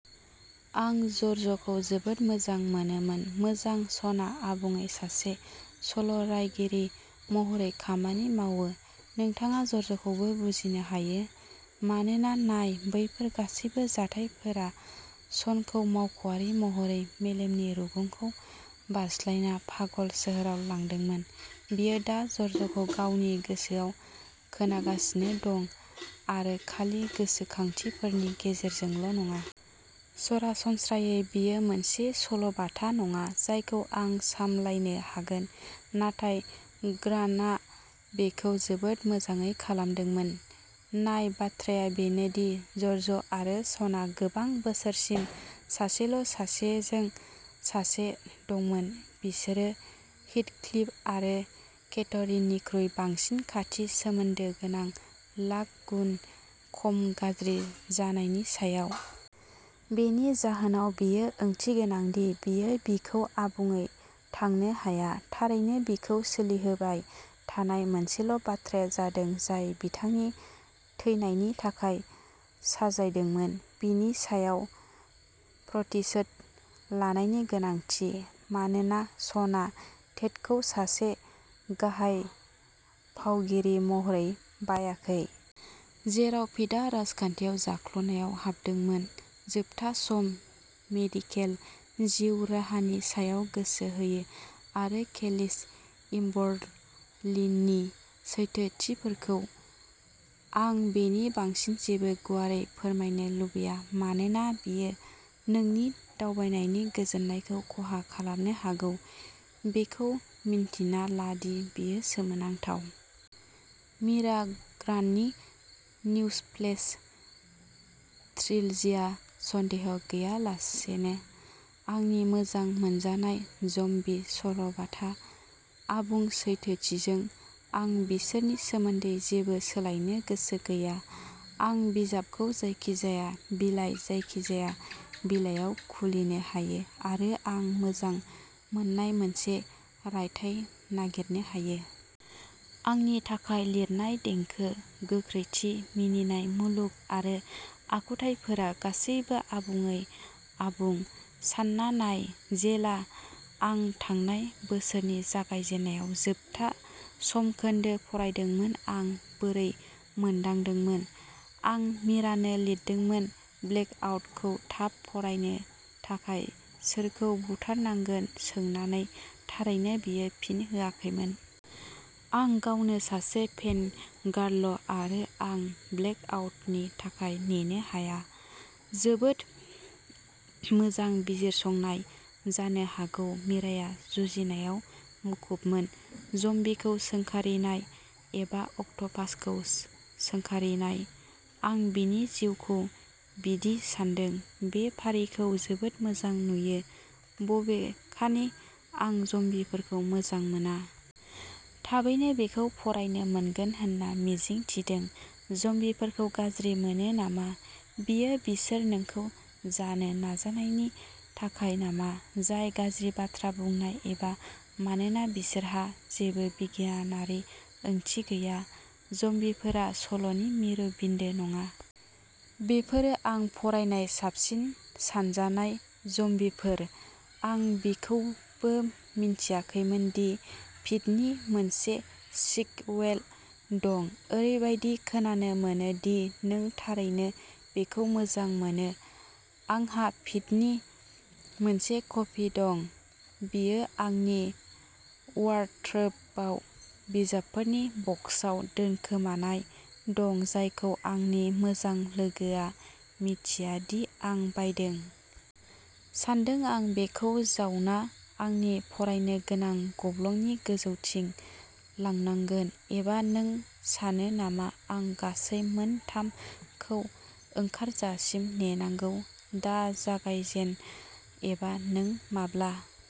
आं जर्जखौ जोबोद मोजां मोनोमोन। मोजां, शनआ आबुङै सासे सल'रायगिरि महरै खामानि मावो। नोंथाङा जर्जखौबो बुजिनो हायो, मानोना, नाय, बैफोर गासैबो जाथायफोरा श'नखौ मावख'आरि महरै मेलेमनि रुगुंखौ बारस्लायना पागल सोहोराव लांदोंमोन। बियो दा जर्जखौ गावनि गोसोआव खोनागासिनो दं, आरो खालि गोसोखांथिफोरनि गेजेरजोंल'नङा। सरासनस्रायै, बेयो मोनसे सल'बाथा नङा जायखौ आं सामलायनो हागोन, नाथाय ग्रान्टआ बेखौ जोबोद मोजाङै खालामदोंमोन। नाय, बाथ्राया बेनो दि जर्ज आरो श'नआ गोबां बोसोरसिम सासेल'सासेजों सासे दंमोन। बिसोरो हीथक्लिफ आरो केथरीननिख्रुइ बांसिन खाथि सोमोन्दो गोनां, लाख गुन खम गाज्रि जानायनि सायाव। बेनि जाहोनाव, बेयो ओंथिगोनां दि बियो बिखौ आबुङै थांनो हाया। थारैनो, बिखौ सोलिहोबाय थानाय मोनसेल'बाथ्राया जादों जाय बिथांनि थैनायनि थाखाय साजायदोंमोन, बिनि सायाव प्रतिशोध लानायनि गोनांथि, मानोना श'नआ टेटखौ सासे गाहाय फावगिरि महरै बायाखै। जेराव फीडा राजखान्थियाव जाख्ल'नायाव हाबदोंमोन, जोबथा सम। मेडिकेल जिउ राहानि सायाव गोसो होयो, आरो केलिस-एम्बर्लिनि सैथोथिफोरखौ। आं बेनि बांसिन जेबो गुवारै फोरमायनो लुबैया, मानोना बेयो नोंनि दावबायनायनि गोजोननायखौ खहा खालामनो हागौ। बेखौ मिन्थिना ला दि बेयो सोमोनांथाव। मिरा ग्रान्टनि निउजफ्लेश ट्रिलजिया, सन्देह गैयालासेनो, आंनि मोजां मोनजानाय ज'म्बि सल'बाथा। आबुं सैथोथिजों, आं बिसोरनि सोमोन्दै जेबो सोलायनो गोसो गैया। आं बिजाबखौ जायखिजाया बिलाइ, जायखिजाया बिलाइयाव खुलिनो हायो, आरो आं मोजां मोननाय मोनसे रायथाइ नागिरनो हायो। आंनि थाखाय, लिरनाय, देंखो, गोख्रैथि, मिनिनाय, मुलुग आरो आखुथाइफोरा गासैबो आबुङै आबुं। सानना नाय जेब्ला आं थांनाय बोसोरनि जागायजेन्नायाव जोबथा समखोन्दो फरायदोंमोन आं बोरै मोनदांदोंमोन? आं मिरानो लिरदोंमोन ब्लेकआउटखौ थाब फरायनो थाखाय सोरखौ बुथारनांगोन सोंनानै थारैनो बियो फिन होआखैमोन। आं गावनो सासे फेन गार्ल, आरो आं ब्लेकआउटनि थाखाय नेनो हाया। जोबोद मोजां बिजिरसंनाय जानो हागौ मिराया जुजिनायआव मुखुबमोन। ज'म्बीखौ सोंखारिनाय। एबा अक्ट'पासखौ सोंखारिनाय। आं बिनि जिउखौ बिदि सानदों। बे फारिखौ जोबोद मोजां नुयो, बबेखानि आं ज'म्बीफोरखौ मोजां मोना। थाबैनो बेखौ फरायनो मोनगोन होनना मिजिं थिदों। ज'म्बीफोरखौ गाज्रि मोनो नामा? बेयो बिसोर नोंखौ जानो नाजानायनि थाखाय नामा, जाय गाज्रि बाथ्रा बुंनाय, एबा मानोना बिसोरहा जेबो बिगियानारि ओंथि गैया? ज'म्बीफोरा सल'नि मिरु बिन्दो नङा। बेफोरो आं फरायनाय साबसिन सानजानाय ज'म्बीफोर। आं बेखौबो मिन्थियाखैमोन दिफिड'नि मोनसे सिक्वेल दं ओरैबायदि खोनानो मोनो दि नों थारैनो बेखौ मोजां मोनो आंहा फिडनि मोनसे कपि दं, बेयो आंनि वार्ड्रोबआव बिजाबफोरनि बक्सआव दोनखोमानाय दं जायखौ आंनि मोजां लोगोआ मिथिया दि आं बायदों। सानदों आं बेखौ जावना आंनि फरायनो गोनां गब्लंनि गोजौथिं लांनांगोन एबा नों सानो नामा आं गासै मोन थाम खौ ओंखारजासिम नेनांगौ दा जागायजेन एबा नों माब्ला?